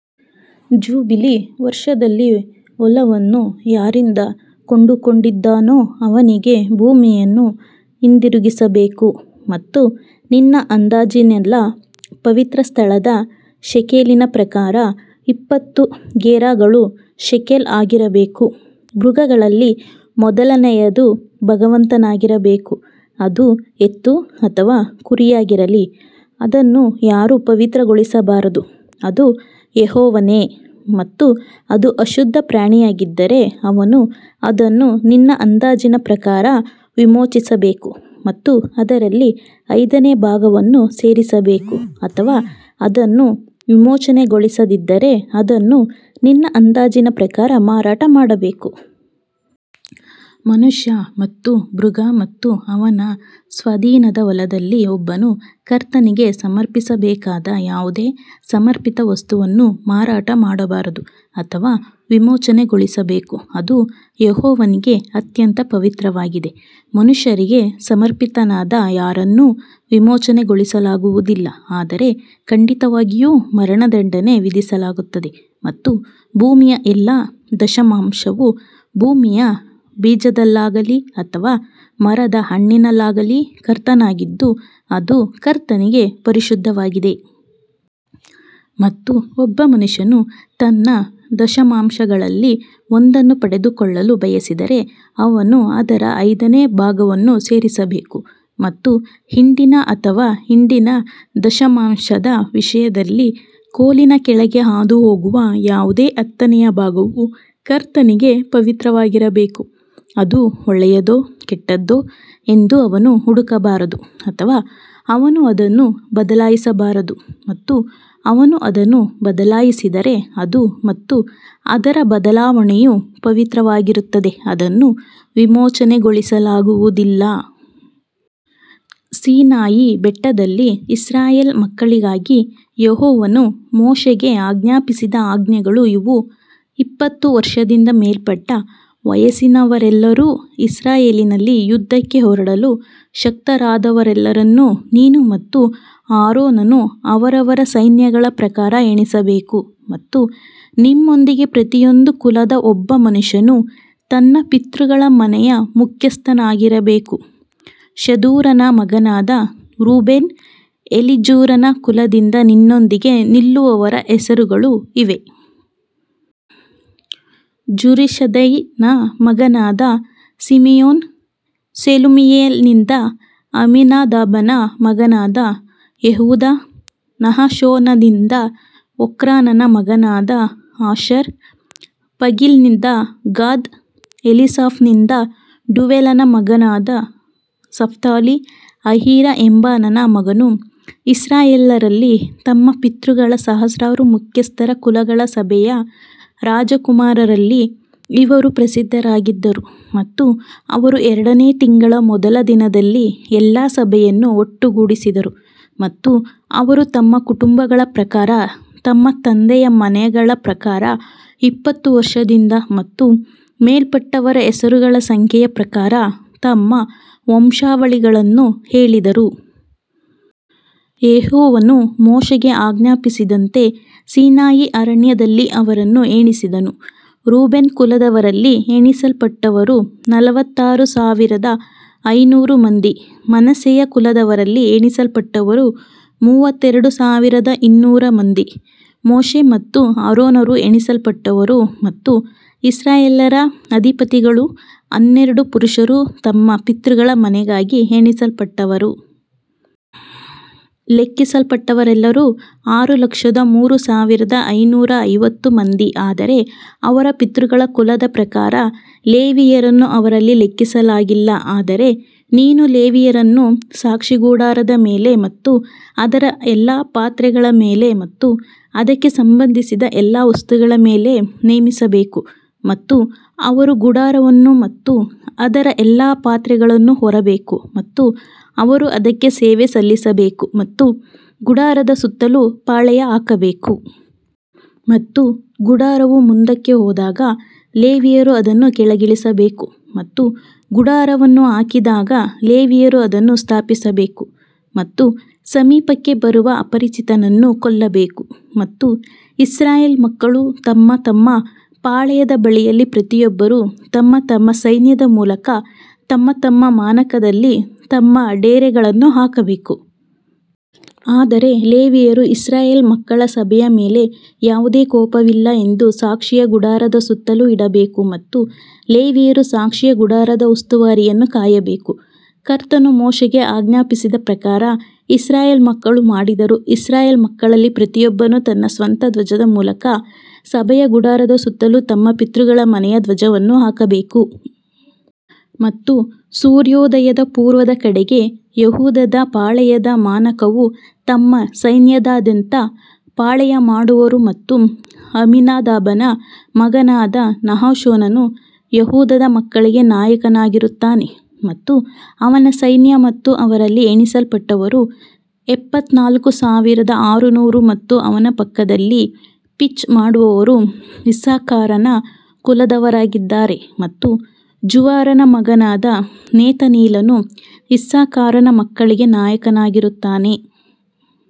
Jubilee ವರ್ಷದಲ್ಲಿ ಹೊಲವನ್ನು ಯಾರಿಂದ ಕೊಂಡುಕೊಂಡಿದ್ದಾನೋ ಅವನಿಗೇ ಭೂಮಿಯನ್ನು ಹಿಂದಿರುಗಿಸಬೇಕು. ಮತ್ತು ನಿನ್ನ ಅಂದಾಜಿನೆಲ್ಲಾ ಪವಿತ್ರಸ್ಥಳದ ಶೇಕೆಲಿನ ಪ್ರಕಾರ ಇಪ್ಪತ್ತು ಗೆರಾಗಳು ಶೇಕೆಲ್ ಆಗಿರಬೇಕು. ಮೃಗಗಳಲ್ಲಿ ಮೊದಲನೆಯದು ಭಗವಂತನಾಗಿರಬೇಕು ಅದು ಎತ್ತು ಅಥವಾ ಕುರಿಯಾಗಿರಲಿ ಅದನ್ನು ಯಾರೂ ಪವಿತ್ರಗೊಳಿಸಬಾರದು ಅದು ಯೆಹೋವನೇ. ಮತ್ತು ಅದು ಅಶುದ್ಧ ಪ್ರಾಣಿಯಾಗಿದ್ದರೆ ಅವನು ಅದನ್ನು ನಿನ್ನ ಅಂದಾಜಿನ ಪ್ರಕಾರ ವಿಮೋಚಿಸಬೇಕು ಮತ್ತು ಅದರಲ್ಲಿ ಐದನೇ ಭಾಗವನ್ನು ಸೇರಿಸಬೇಕು ಅಥವಾ ಅದನ್ನು ವಿಮೋಚನೆಗೊಳಿಸದಿದ್ದರೆ ಅದನ್ನು ನಿನ್ನ ಅಂದಾಜಿನ ಪ್ರಕಾರ ಮಾರಾಟ ಮಾಡಬೇಕು. ಮನುಷ್ಯ ಮತ್ತು ಮೃಗ ಮತ್ತು ಅವನ ಸ್ವಾಧೀನದ ಹೊಲದಲ್ಲಿ ಒಬ್ಬನು ಕರ್ತನಿಗೆ ಸಮರ್ಪಿಸಬೇಕಾದ ಯಾವುದೇ ಸಮರ್ಪಿತ ವಸ್ತುವನ್ನು ಮಾರಾಟ ಮಾಡಬಾರದು ಅಥವಾ ವಿಮೋಚನೆಗೊಳಿಸಬೇಕು ಅದು ಯೆಹೋವನಿಗೆ ಅತ್ಯಂತ ಪವಿತ್ರವಾಗಿದೆ. ಮನುಷ್ಯರಿಗೆ ಸಮರ್ಪಿತನಾದ ಯಾರನ್ನೂ ವಿಮೋಚನೆಗೊಳಿಸಲಾಗುವುದಿಲ್ಲ ಆದರೆ ಖಂಡಿತವಾಗಿಯೂ ಮರಣದಂಡನೆ ವಿಧಿಸಲಾಗುತ್ತದೆ ಮತ್ತು ಭೂಮಿಯ ಎಲ್ಲಾ ದಶಮಾಂಶವು ಭೂಮಿಯ ಬೀಜದಲ್ಲಾಗಲಿ ಅಥವಾ ಮರದ ಹಣ್ಣಿನಲ್ಲಾಗಲಿ ಕರ್ತನಾಗಿದ್ದು ಅದು ಕರ್ತನಿಗೆ ಪರಿಶುದ್ಧವಾಗಿದೆ. ಮತ್ತು ಒಬ್ಬ ಮನುಷ್ಯನು ತನ್ನ ದಶಮಾಂಶಗಳಲ್ಲಿ ಒಂದನ್ನು ಪಡೆದುಕೊಳ್ಳಲು ಬಯಸಿದರೆ ಅವನು ಅದರ ಐದನೇ ಭಾಗವನ್ನು ಸೇರಿಸಬೇಕು. ಮತ್ತು ಹಿಂಡಿನ ಅಥವಾ ಹಿಂಡಿನ ದಶಮಾಂಶದ ವಿಷಯದಲ್ಲಿ, ಕೋಲಿನ ಕೆಳಗೆ ಹಾದುಹೋಗುವ ಯಾವುದೇ ಹತ್ತನೆಯ ಭಾಗವು ಕರ್ತನಿಗೆ ಪವಿತ್ರವಾಗಿರಬೇಕು. ಅದು ಒಳ್ಳೆಯದೋ ಕೆಟ್ಟದ್ದೋ ಎಂದು ಅವನು ಹುಡುಕಬಾರದು ಅಥವಾ ಅವನು ಅದನ್ನು ಬದಲಾಯಿಸಬಾರದು ಮತ್ತು ಅವನು ಅದನ್ನು ಬದಲಾಯಿಸಿದರೆ ಅದು ಮತ್ತು ಅದರ ಬದಲಾವಣೆಯು ಪವಿತ್ರವಾಗಿರುತ್ತದೆ ಅದನ್ನು ವಿಮೋಚನೆಗೊಳಿಸಲಾಗುವುದಿಲ್ಲ. ಸೀನಾಯಿ ಬೆಟ್ಟದಲ್ಲಿ ಇಸ್ರಾಯೇಲ್ ಮಕ್ಕಳಿಗಾಗಿ ಯೆಹೋವನು ಮೋಶೆಗೆ ಆಜ್ಞಾಪಿಸಿದ ಆಜ್ಞೆಗಳು ಇವು ಇಪ್ಪತ್ತು ವರ್ಷದಿಂದ ಮೇಲ್ಪಟ್ಟ ವಯಸ್ಸಿನವರೆಲ್ಲರೂ ಇಸ್ರಾಯೇಲಿನಲ್ಲಿ ಯುದ್ಧಕ್ಕೆ ಹೊರಡಲು ಶಕ್ತರಾದವರೆಲ್ಲರನ್ನು ನೀನು ಮತ್ತು ಆರೋನನು ಅವರವರ ಸೈನ್ಯಗಳ ಪ್ರಕಾರ ಎಣಿಸಬೇಕು. ಮತ್ತು ನಿಮ್ಮೊಂದಿಗೆ ಪ್ರತಿಯೊಂದು ಕುಲದ ಒಬ್ಬ ಮನುಷ್ಯನು ತನ್ನ ಪಿತೃಗಳ ಮನೆಯ ಮುಖ್ಯಸ್ಥನಾಗಿರಬೇಕು ಶೆದೂರನ ಮಗನಾದ ರೂಬೇನ್ ಎಲೀಜೂರನ ಕುಲದಿಂದ ನಿನ್ನೊಂದಿಗೆ ನಿಲ್ಲುವವರ ಹೆಸರುಗಳು ಇವೇ. ಜುರಿಶದ್ದೈಯ ಮಗನಾದ ಸಿಮಿಯೋನ್ ಶೆಲುಮಿಯೇಲನಿಂದ ಅಮ್ಮಿನದಾಬನ ಮಗನಾದ ಯೆಹೂದ ನಹಶೋನನಿಂದ ಓಕ್ರಾನನ ಮಗನಾದ ಆಶರ್ ಪಗೀಲ್ನಿಂದ ಗಾದ್ ಎಲೀಸಾಫನಿಂದ ಡ್ಯೂವೇಲನ ಮಗ ನಫ್ತಾಲಿ ಅಹೀರ ಎಂಬಾನನ ಮಗನು ಇಸ್ರಾಯೇಲ್ಯರಲ್ಲಿ ತಮ್ಮ ಪಿತೃಗಳ ಸಹಸ್ರಾರು ಮುಖ್ಯಸ್ಥರ ಕುಲಗಳ ಸಭೆಯ ರಾಜಕುಮಾರರಲ್ಲಿ ಇವರು ಪ್ರಸಿದ್ಧರಾಗಿದ್ದರು. ಮತ್ತು ಅವರು ಎರಡನೇ ತಿಂಗಳ ಮೊದಲ ದಿನದಲ್ಲಿ ಎಲ್ಲಾ ಸಭೆಯನ್ನು ಒಟ್ಟುಗೂಡಿಸಿದರು ಮತ್ತು ಅವರು ತಮ್ಮ ಕುಟುಂಬಗಳ ಪ್ರಕಾರ ತಮ್ಮ ತಂದೆಯ ಮನೆಗಳ ಪ್ರಕಾರ ಇಪ್ಪತ್ತು ವರ್ಷದಿಂದ ಮತ್ತು ಮೇಲ್ಪಟ್ಟವರ ಹೆಸರುಗಳ ಸಂಖ್ಯೆಯ ಪ್ರಕಾರ ತಮ್ಮ ವಂಶಾವಳಿಗಳನ್ನು ಹೇಳಿದರು. ಯೆಹೋವನು ಮೋಶೆಗೆ ಆಜ್ಞಾಪಿಸಿದಂತೆ ಸೀನಾಯಿ ಅರಣ್ಯದಲ್ಲಿ ಅವರನ್ನು ಎಣಿಸಿದನು ರೂಬೇನ್ ಕುಲದವರಲ್ಲಿ ಎಣಿಸಲ್ಪಟ್ಟವರು ನಲವತ್ತಾರು ಸಾವಿರದ ಐನೂರು ಮಂದಿ ಮನಸ್ಸೆಯ ಕುಲದವರಲ್ಲಿ ಎಣಿಸಲ್ಪಟ್ಟವರು ಮೂವತ್ತೆರಡು ಸಾವಿರದ ಇನ್ನೂರು ಮಂದಿ ಮೋಶೆ ಮತ್ತು ಆರೋನರು ಎಣಿಸಲ್ಪಟ್ಟವರು ಮತ್ತು ಇಸ್ರಾಯೇಲ್ಯರ ಅಧಿಪತಿಗಳು ಹನ್ನೆರಡು ಪುರುಷರು ತಮ್ಮ ಪಿತೃಗಳ ಮನೆಗಾಗಿ ಎಣಿಸಲ್ಪಟ್ಟವರು. ಲೆಕ್ಕಿಸಲ್ಪಟ್ಟವರೆಲ್ಲರೂ ಆರು ಲಕ್ಷದ ಮೂರು ಸಾವಿರದ ಐನೂರ ಐವತ್ತು ಮಂದಿ ಆದರೆ ಅವರ ಪಿತೃಗಳ ಕುಲದ ಪ್ರಕಾರ ಲೇವಿಯರನ್ನು ಅವರಲ್ಲಿ ಲೆಕ್ಕಿಸಲಾಗಿಲ್ಲ ಆದರೆ ನೀನು ಲೇವಿಯರನ್ನು ಸಾಕ್ಷಿಗುಡಾರದ ಮೇಲೆ ಮತ್ತು ಅದರ ಎಲ್ಲಾ ಪಾತ್ರೆಗಳ ಮೇಲೆ ಮತ್ತು ಅದಕ್ಕೆ ಸಂಬಂಧಿಸಿದ ಎಲ್ಲಾ ವಸ್ತುಗಳ ಮೇಲೆ ನೇಮಿಸಬೇಕು ಮತ್ತು ಅವರು ಗುಡಾರವನ್ನು ಮತ್ತು ಅದರ ಎಲ್ಲಾ ಪಾತ್ರೆಗಳನ್ನು ಹೊರಬೇಕು ಮತ್ತು ಅವರು ಅದಕ್ಕೆ ಸೇವೆ ಸಲ್ಲಿಸಬೇಕು ಮತ್ತು ಗುಡಾರದ ಸುತ್ತಲೂ ಪಾಳೆಯ ಹಾಕಬೇಕು. ಮತ್ತು ಗುಡಾರವು ಮುಂದಕ್ಕೆ ಹೋದಾಗ ಲೇವಿಯರು ಅದನ್ನು ಕೆಳಗಿಳಿಸಬೇಕು ಮತ್ತು ಗುಡಾರವನ್ನು ಹಾಕಿದಾಗ ಲೇವಿಯರು ಅದನ್ನು ಸ್ಥಾಪಿಸಬೇಕು ಮತ್ತು ಸಮೀಪಕ್ಕೆ ಬರುವ ಅಪರಿಚಿತನನ್ನು ಕೊಲ್ಲಬೇಕು. ಮತ್ತು ಇಸ್ರಾಯೇಲ್ ಮಕ್ಕಳು ತಮ್ಮ ತಮ್ಮ ಪಾಳೆಯದ ಬಳಿಯಲ್ಲಿ ಪ್ರತಿಯೊಬ್ಬರು ತಮ್ಮ ತಮ್ಮ ಸೈನ್ಯದ ಮೂಲಕ ತಮ್ಮ ತಮ್ಮ ಮಾನಕದಲ್ಲಿ ತಮ್ಮ ಡೇರೆಗಳನ್ನು ಹಾಕಬೇಕು. ಆದರೆ ಲೇವಿಯರು ಇಸ್ರಾಯೇಲ್ ಮಕ್ಕಳ ಸಭೆಯ ಮೇಲೆ ಯಾವುದೇ ಕೋಪವಿಲ್ಲ ಎಂದು ಸಾಕ್ಷಿಯ ಗುಡಾರದ ಸುತ್ತಲೂ ಇಡಬೇಕು ಮತ್ತು ಲೇವಿಯರು ಸಾಕ್ಷಿಯ ಗುಡಾರದ ಉಸ್ತುವಾರಿಯನ್ನು ಕಾಯಬೇಕು. ಕರ್ತನು ಮೋಶೆಗೆ ಆಜ್ಞಾಪಿಸಿದ ಪ್ರಕಾರ ಇಸ್ರಾಯೇಲ್ ಮಕ್ಕಳು ಮಾಡಿದರು ಇಸ್ರಾಯೇಲ್ ಮಕ್ಕಳಲ್ಲಿ ಪ್ರತಿಯೊಬ್ಬನು ತನ್ನ ಸ್ವಂತ ಧ್ವಜದ ಮೂಲಕ ಸಭೆಯ ಗುಡಾರದ ಸುತ್ತಲೂ ತಮ್ಮ ಪಿತೃಗಳ ಮನೆಯ ಧ್ವಜವನ್ನು ಹಾಕಬೇಕು. ಮತ್ತು ಸೂರ್ಯೋದಯದ ಪೂರ್ವದ ಕಡೆಗೆ ಯೆಹೂದದ ಪಾಳೆಯದ ಮಾನಕವು ತಮ್ಮ ಸೈನ್ಯದಾದ್ಯಂತ ಪಾಳೆಯಮಾಡುವರು ಮತ್ತು ಅಮ್ಮಿನದಾಬನ ಮಗನಾದ ನಹಶೋನನು ಯೆಹೂದದ ಮಕ್ಕಳಿಗೆ ನಾಯಕನಾಗಿರುತ್ತಾನೆ. ಮತ್ತು ಅವನ ಸೈನ್ಯ ಮತ್ತು ಅವರಲ್ಲಿ ಎಣಿಸಲ್ಪಟ್ಟವರು ಎಪ್ಪತ್ತನಾಲ್ಕು ಸಾವಿರದ ಆರುನೂರು ಮತ್ತು ಅವನ ಪಕ್ಕದಲ್ಲಿ ಪಿಚ್ ಮಾಡುವವರು ಇಸ್ಸಾಕಾರನ ಕುಲದವರಾಗಿದ್ದಾರೆ ಮತ್ತು ಜುವಾರನ ಮಗನಾದ ನೆತನೀಲನು ಇಸ್ಸಾಕಾರನ ಮಕ್ಕಳಿಗೆ ನಾಯಕನಾಗಿರುತ್ತಾನೆ.